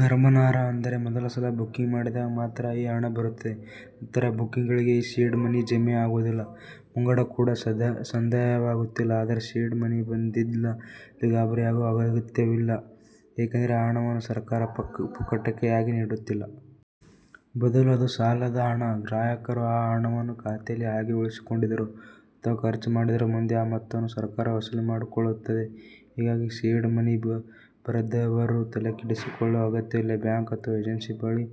ಗಮನಾರ್ಹ ಅಂದರೆ, ಮೊದಲ ಸಲ ಬುಕ್ಕಿಂಗ್ ಮಾಡಿದಾಗ ಮಾತ್ರ ಈ ಹಣ ಬರುತ್ತದೆ. ನಂತರ ಬುಕ್ಕಿಂಗ್ಗಳಿಗೆ ಈ ಸೀಡ್ ಮನಿ ಜಮೆ ಆಗುವುದಿಲ್ಲ. ಮುಂಗಡ ಕೂಡ ಸಂದಾಯವಾಗುತ್ತಿಲ್ಲ. ಆದರೆ, ಸೀಡ್ ಮನಿ ಬಂದಿಲ್ಲ ಎಂದು ಗಾಬರಿಯಾಗುವ ಅಗತ್ಯವೂ ಇಲ್ಲ. ಏಕೆಂದರೆ, ಈ ಹಣವನ್ನು ಸರ್ಕಾರ ಪುಕ್ಕಟೆಯಾಗಿ ನೀಡುತ್ತಿಲ್ಲ. ಬದಲು ಅದು ಸಾಲದ ಹಣ. ಗ್ರಾಹಕರು ಆ ಹಣವನ್ನು ಖಾತೆಯಲ್ಲಿ ಹಾಗೆಯೇ ಉಳಿಸಿಕೊಂಡಿದ್ದರೂ ಅಥವಾ ಖರ್ಚು ಮಾಡಿದ್ದರೂ ಮುಂದೆ ಆ ಮೊತ್ತವನ್ನು ಸರ್ಕಾರ ವಸೂಲಿ ಮಾಡಿಕೊಳ್ಳುತ್ತದೆ. ಹೀಗಾಗಿ, ಸೀಡ್ ಮನಿ ಬರದವರೂ ತಲೆಕೆಡಿಸಿಕೊಳ್ಳುವ ಅಗತ್ಯವಿಲ್ಲ. ಬ್ಯಾಂಕ್ ಅಥವಾ ಏಜೆನ್ಸಿ ಬಳಿ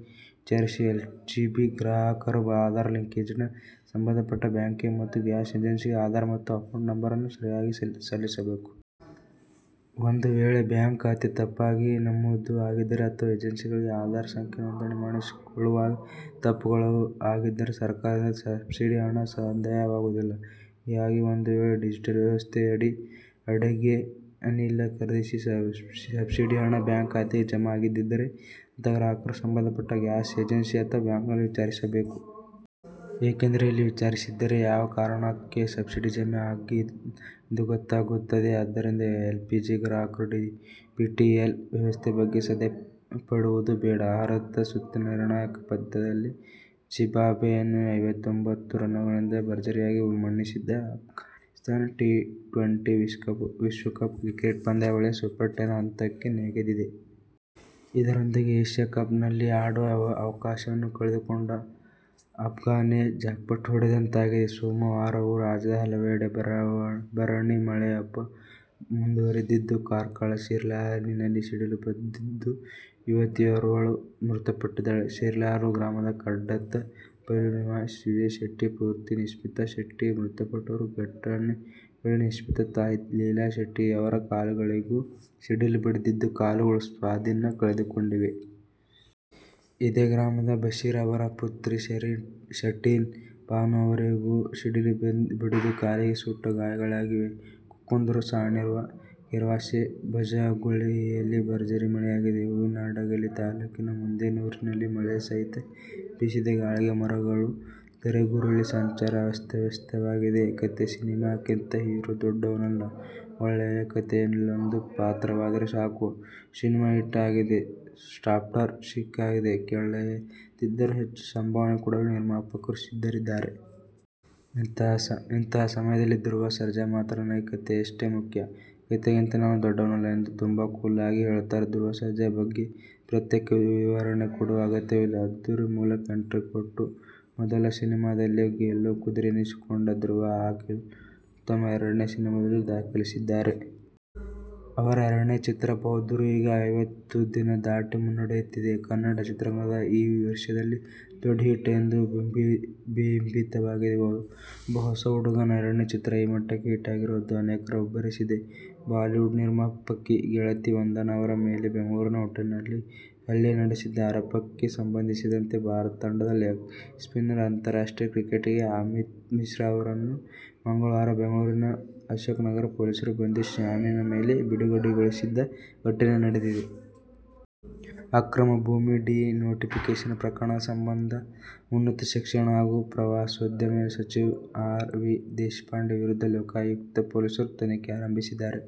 ವಿಚಾರಿಸಿ' ಎಲ್ಪಿಜಿ ಗ್ರಾಹಕರು ಆಧಾರ್ ಲಿಂಕೇಜ್ನಡಿ ಸಂಬಂಧಪಟ್ಟ ಬ್ಯಾಂಕ್ಗೆ ಮತ್ತು ಗ್ಯಾಸ್ ಏಜೆನ್ಸಿಗೆ ಆಧಾರ್ ಮತ್ತು ಅಕೌಂಟ್ ನಂಬರ್ ಅನ್ನು ಸರಿಯಾಗಿ ಸಲ್ಲಿಸಬೇಕು. ಒಂದುವೇಳೆ, ಬ್ಯಾಂಕ್ ಖಾತೆ ತಪ್ಪಾಗಿ ನಮೂದು ಆಗಿದ್ದರೆ, ಅಥವಾ ಏಜೆನ್ಸಿಗಳಲ್ಲಿ ಆಧಾರ್ ಸಂಖ್ಯೆ ನೋಂದಣಿ ಮಾಡಿಸಿಕೊಳ್ಳುವಾಗ ತಪ್ಪುಗಳು ಆಗಿದ್ದರೆ, ಸರ್ಕಾರದಿಂದ ಸಬ್ಸಿಡಿ ಹಣ ಸಂದಾಯವಾಗುವುದಿಲ್ಲ. ಹೀಗಾಗಿ, ಒಂದುವೇಳೆ ಡಿಬಿಟಿಎಲ್ ವ್ಯವಸ್ಥೆಯಡಿ ಅಡುಗೆ ಅನಿಲ ಖರೀದಿಸಿ ಸಬ್ಸಿಡಿ ಹಣ ಬ್ಯಾಂಕ್ ಖಾತೆಗೆ ಜಮೆ ಆಗದಿದ್ದರೆ, ಅಂಥಹ ಗ್ರಾಹಕರು ಸಂಬಂಧಪಟ್ಟ ಗ್ಯಾಸ್ ಏಜೆನ್ಸಿ ಅಥವಾ ಬ್ಯಾಂಕ್ನಲ್ಲಿ ವಿಚಾರಿಸಬೇಕು. ಏಕೆಂದರೆ, ಇಲ್ಲಿ ವಿಚಾರಿಸಿದರೆ ಯಾವ ಕಾರಣಕ್ಕೆ ಸಬ್ಸಿಡಿ ಜಮೆ ಆಗಿಲ್ಲ ಎಂದು ಗೊತ್ತಾಗುತ್ತದೆ. ಆದ್ದರಿಂದ ಎಲ್ಪಿಜಿ ಗ್ರಾಹಕರು ಡಿಬಿಟಿಎಲ್ ವ್ಯವಸ್ಥೆ ಬಗ್ಗೆ ಸಂದೇಹಪಡುವುದು ಬೇಡ'. ಅರ್ಹತಾ ಸುತ್ತಿನ ನಿರ್ಣಾಯಕ ಪಂದ್ಯದಲ್ಲಿ ಜಿಂಬಾಬ್ವೆಯನ್ನು ಐವತ್ತೊಂಬತ್ತು ರನ್ನುಗಳಿಂದ ಭರ್ಜರಿಯಾಗಿ ಮಣಿಸಿದ ಅಫ್ಘಾನಿಸ್ಥಾನ ಟಿ-ಟ್ವೆಂಟಿ ವಿಶ್ವಕಪ್ ಕ್ರಿಕೆಟ್ ಪಂದ್ಯಾವಳಿಯ ಸೂಪರ್-ಟೆನ್ ಹಂತಕ್ಕೆ ನೆಗೆದಿದೆ. ಇದರೊಂದಿಗೆ "ಏಶ್ಯ ಕಪ್'ನಲ್ಲಿ ಆಡುವ ಅವಕಾಶವನ್ನು ಕಳೆದುಕೊಂಡಿದ್ದ ಅಫ್ಘಾನ್ಗೆ ಜಾಕ್ಪಾಟ್ ಹೊಡೆದಂತಾಗಿದೆ. ಸೋಮವಾರವೂ ರಾಜ್ಯದ ಹಲವೆಡೆ ಭರಣಿ ಮಳೆಯಬ್ಬರ ಮುಂದುವರೆದಿದ್ದು ಕಾರ್ಕಳ ಶಿರ್ಲಾಲಿನಲ್ಲಿ ಸಿಡಿಲು ಬಡಿದು ಯುವತಿಯೋರ್ವಳು ಮೃತಪಟ್ಟಿದ್ದಾಳೆ. ಶಿರ್ಲಾಲು ಗ್ರಾಮದ ಕಡತ್ತ ಬೈಲು ನಿವಾಸಿ ವಿಜಯ ಶೆಟ್ಟಿ ಪುತ್ರಿ ನಿಶ್ಮಿತಾ ಶೆಟ್ಟಿ ಮೃತಪಟ್ಟವರು. ಘಟನೆ ವೇಳೆ ನಿಶ್ಮಿತಾ ತಾಯಿ ಲೀಲಾ ಶೆಟ್ಟಿ ಯವರ ಕಾಲುಗಳಿಗೂ ಸಿಡಿಲು ಬಡಿದಿದ್ದು, ಕಾಲುಗಳು ಸ್ವಾಧೀನ ಕಳೆದುಕೊಂಡಿವೆ. ಇದೇ ಗ್ರಾಮದ ಬಶೀರ್ ಅವರ ಪುತ್ರಿ ಶಂರೀನ್ ಭಾನು ಅವರಿಗೂ ಸಿಡಿಲು ಬಡಿದು ಕಾಲಿಗೆ ಸುಟ್ಟ ಗಾಯಗಳಾಗಿವೆ. ಕುಕ್ಕುಂದೂರು, ಸಾಣೂರು, ಕೆರ್ವಾಶೆ, ಬಜಗೋಳಿಯಲ್ಲಿ ಭರ್ಜರಿ ಮಳೆಯಾಗಿದೆ. ಹೂವಿನಹಡಗಲಿ ತಾಲೂಕಿನ ಮುದೇನೂರಿನಲ್ಲಿ ಮಳೆ ಸಹಿತ ಬೀಸಿದ ಗಾಳಿಗೆ ಮರಗಳು ಧರೆಗುರುಳಿ ಸಂಚಾರ ಅಸ್ತವ್ಯಸ್ತವಾಗಿದೆ. "ಕಥೆ, ಸಿನಿಮಾಕ್ಕಿಂತ ಹೀರೋ ದೊಡ್ಡವನಲ್ಲ, ಒಳ್ಳೆಯ ಕಥೆಯಲ್ಲೊಂದು ಪಾತ್ರವಾದರೆ ಸಾಕು ' ಸಿನಿಮಾ ಹಿಟ್ ಆಗಿದೆ, ಸ್ಟಾರ್ಪಟ್ಟ ಸಿಕ್ಕಾಗಿದೆ, ಕೇಳದಿದ್ದರೂ ಹೆಚ್ಚು ಸಂಭಾವನೆ ಕೊಡಲು ನಿರ್ಮಾಪಕರು ಸಿದ್ಧರಿದ್ದಾರೆ. ಇಂತಹ ಸಮಯದಲ್ಲಿ ಧ್ರುವ ಸರ್ಜಾ ಮಾತ್ರ ನನಗೆ ಕಥೆಯಷ್ಟೇ ಮುಖ್ಯ, ಕಥೆಗಿಂತ ನಾನು ದೊಡ್ಡವನಲ್ಲ ಎಂದು ತುಂಬಾ ಕೂಲ್ ಆಗಿ ಹೇಳುತ್ತಾರೆ. ಧ್ರುವ ಸರ್ಜಾ ಬಗ್ಗೆ ಪ್ರತ್ಯೇಕ ವಿವರಣೆ ಕೊಡುವ ಅಗತ್ಯವಿಲ್ಲ. "ಅದ್ಧೂರಿ' ಮೂಲಕ ಎಂಟ್ರಿ ಕೊಟ್ಟು ಮೊದಲ ಸಿನಿಮಾದಲ್ಲೇ ಗೆಲ್ಲೋ ಕುದುರೆ ಎನಿಸಿಕೊಂಡ ಧ್ರುವ, ಆ ಗೆಲುವನ್ನು ತಮ್ಮ ಎರಡನೇ ಸಿನಿಮಾದಲ್ಲೂ ದಾಖಲಿಸಿದ್ದಾರೆ. ಅವರ ಎರಡನೇ ಚಿತ್ರ "ಬಹದ್ದೂರ್' ಈಗ ಐವತ್ತು ದಿನ ದಾಟಿ ಮುನ್ನಡೆಯುತ್ತಿದೆ. ಕನ್ನಡ ಚಿತ್ರರಂಗದ ಈ ವರ್ಷದಲ್ಲಿ ದೊಡ್ಡ ಹಿಟ್ ಎಂದು ಬಿಂಬಿತವಾಗಿದೆ. ಒಬ್ಬ ಹೊಸ ಹುಡುಗನ ಎರಡನೇ ಚಿತ್ರ ಈ ಮಟ್ಟಕ್ಕೆ ಹಿಟ್ ಆಗಿರೋದು ಅನೇಕರ ಹುಬ್ಬೇರಿಸಿದೆ. ಬಾಲಿವುಡ್ ನಿರ್ಮಾಪಕಿ, ಗೆಳತಿ ವಂದನಾ ಅವರ ಮೇಲೆ ಬೆಂಗಳೂರಿನ ಹೋಟೆಲ್ ನಲ್ಲಿ ಹಲ್ಲೆ ನಡೆಸಿದ ಆರೋಪಕ್ಕೆ ಸಂಬಂಧಿಸಿದಂತೆ ಭಾರತ ತಂಡದ ಲೆಗ್ ಸ್ಪಿನ್ನರ್, ಅಂತಾರಾಷ್ಟ್ರೀಯ ಕ್ರಿಕೆಟಿಗ ಅಮಿತ್ ಮಿಶ್ರಾ ಅವರನ್ನು ಮಂಗಳವಾರ ಬೆಂಗಳೂರಿನ ಅಶೋಕ್ ನಗರ ಪೊಲೀಸರು ಬಂಧಿಸಿ, ಜಾಮೀನಿನ ಮೇಲೆ ಬಿಡುಗಡೆಗೊಳಿಸಿದ ಘಟನೆ ನಡೆದಿದೆ. ಅಕ್ರಮ ಭೂಮಿ ಡಿ-ನೋಟಿಫಿಕೇಶನ್ ಪ್ರಕರಣದ ಸಂಬಂಧ ಉನ್ನತ ಶಿಕ್ಷಣ ಹಾಗೂ ಪ್ರವಾಸೋದ್ಯಮ ಸಚಿವ ಆರ್. ವಿ. ದೇಶಪಾಂಡೆ ವಿರುದ್ಧ ಲೋಕಾಯುಕ್ತ ಪೊಲೀಸರು ತನಿಖೆ ಆರಂಭಿಸಿದ್ದಾರೆ.